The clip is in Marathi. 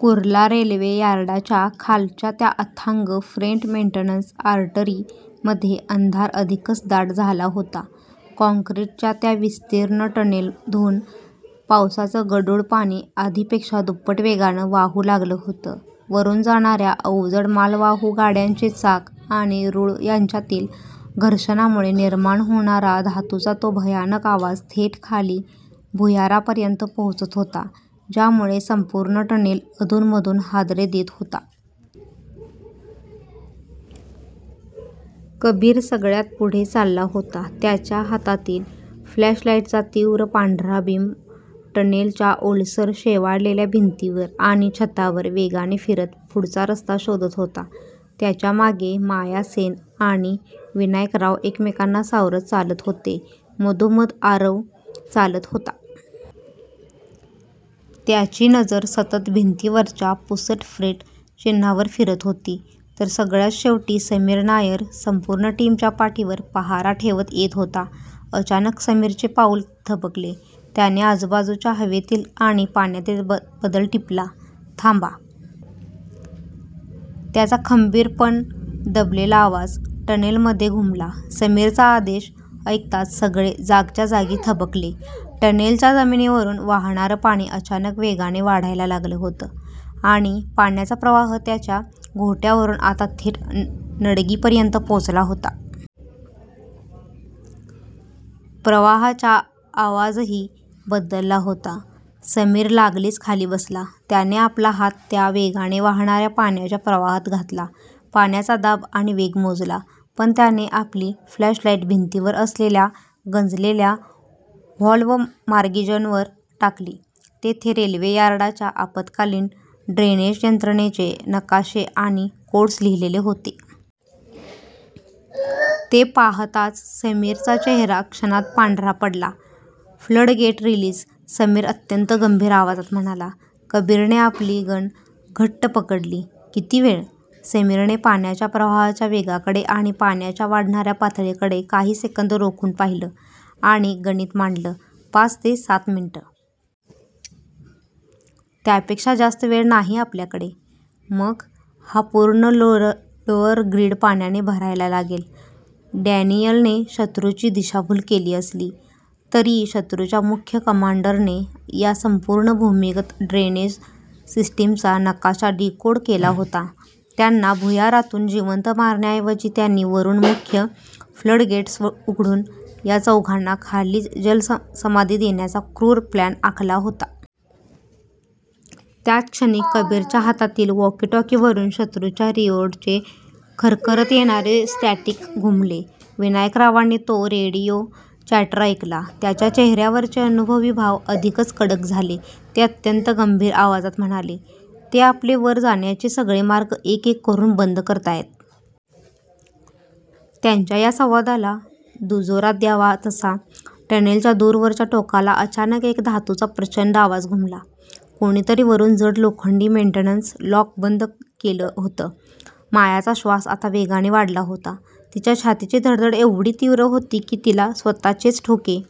कुर्ला रेल्वे यार्डाच्या खालच्या त्या अथांग 'फ्रेट मेंटेनन्स आर्टरी' मध्ये अंधार अधिकच दाट झाला होता. काँक्रीटच्या त्या विस्तीर्ण टनेलधून पावसाचं गढूळ पाणी आधीपेक्षा दुप्पट वेगाने वाहू लागलं होतं. वरून जाणाऱ्या अवजड मालवाहू गाड्यांचे चाक आणि रूळ यांच्यातील घर्षणामुळे निर्माण होणारा धातूचा तो भयानक आवाज थेट खाली भुयारापर्यंत पोहोचत होता, ज्यामुळे संपूर्ण टनेल अधूनमधून हादरे देत होता. कबीर सगळ्यात पुढे चालत होता. त्याच्या हातातील फ्लॅशलाईटचा तीव्र पांढरा बीम टनेलच्या ओलसर, शेवाळलेल्या भिंतींवर आणि छतावर वेगाने फिरत पुढचा रस्ता शोधत होता. त्याच्या मागे माया सेन आणि विनायकराव एकमेकांना सावरत चालत होते, मधोमध आरव चालत होता. त्याची नजर सतत भिंतींवरच्या पुसट फ्रेट चिन्हांवर फिरत होती, तर सगळ्यात शेवटी समीर नायर संपूर्ण टीमच्या पाठीवर पहारा ठेवत येत होता. अचानक समीरचे पाऊल थबकले. त्याने आजूबाजूच्या हवेतील आणि पाण्यातील बदल टिपला. "थांबा." त्याचा खंबीर पण दबलेला आवाज टनेलमध्ये घुमला. समीरचा आदेश ऐकताच सगळे जागच्या जागी थबकले. टनेलच्या जमिनीवरून वाहणारं पाणी अचानक वेगाने वाढायला लागलं होतं आणि पाण्याचा प्रवाह त्यांच्या घोट्यावरून आता थेट नडगीपर्यंत पोहोचला होता. प्रवाहाचा आवाजही बदलला होता. समीर लागलीच खाली बसला. त्याने आपला हात त्या वेगाने वाहणाऱ्या पाण्याच्या प्रवाहात घातला, पाण्याचा दाब आणि वेग मोजला. मग त्याने आपली फ्लॅशलाईट भिंतीवर असलेल्या गंजलेल्या व्हाल्व्ह मार्किंग्जवर टाकली. तिथे रेल्वे यार्डाच्या आपत्कालीन ड्रेनेज यंत्रणेचे नकाशे आणि कोड्स लिहिलेले होते. ते पाहताच समीरचा चेहरा क्षणात पांढरा पडला. "फ्लडगेट रिलीज" समीर अत्यंत गंभीर आवाजात म्हणाला. कबीरने आपली गन घट्ट पकडली, "किती वेळ? " समीरने पाण्याच्या प्रवाहाच्या वेगाकडे आणि पाण्याच्या वाढणाऱ्या पातळीकडे काही सेकंद रोखून पाहिलं आणि गणित मांडलं, "पाच ते सात मिनिटं. त्यापेक्षा जास्त वेळ नाही आपल्याकडे. " मग हा पूर्ण लोअर ग्रीड पाण्याने भरायला लागेल. डॅनियलने शत्रूची दिशाभूल केली असली, तरी शत्रूच्या मुख्य कमांडरने या संपूर्ण भूमिगत ड्रेनेज सिस्टीमचा नकाशा डिकोड केला होता. त्यांना भुयारातून जिवंत मारण्याऐवजी, त्यांनी वरून मुख्य फ्लडगेट्स उघडून या चौघांना खालीच जलसमाधी देण्याचा क्रूर प्लॅन आखला होता. त्याच क्षणी, कबीरच्या हातातील वॉकी-टॉकीवरून शत्रूच्या रेडिओचे खरखरत येणारे स्टॅटिक घुमले: विनायकरावांनी तो रेडिओ चॅटर ऐकला. त्यांच्या चेहऱ्यावरचे अनुभवी भाव अधिकच कडक झाले. ते अत्यंत गंभीर आवाजात म्हणाले, "ते आपले वर जाण्याचे सगळे मार्ग एक-एक करून बंद करतायत. " त्यांच्या या संवादाला दुजोरा द्यावा तसा, टनेलच्या दूरवरच्या टोकाला अचानक एक धातूचा प्रचंड आवाज घुमला. कोणीतरी वरून जड लोखंडी मेंटेनन्स लॉक बंद केलं होतं. मायाचा श्वास आता वेगाने वाढला होता. तिच्या छातीची धडधड एवढी तीव्र होती की तिला स्वतःचेच ठोके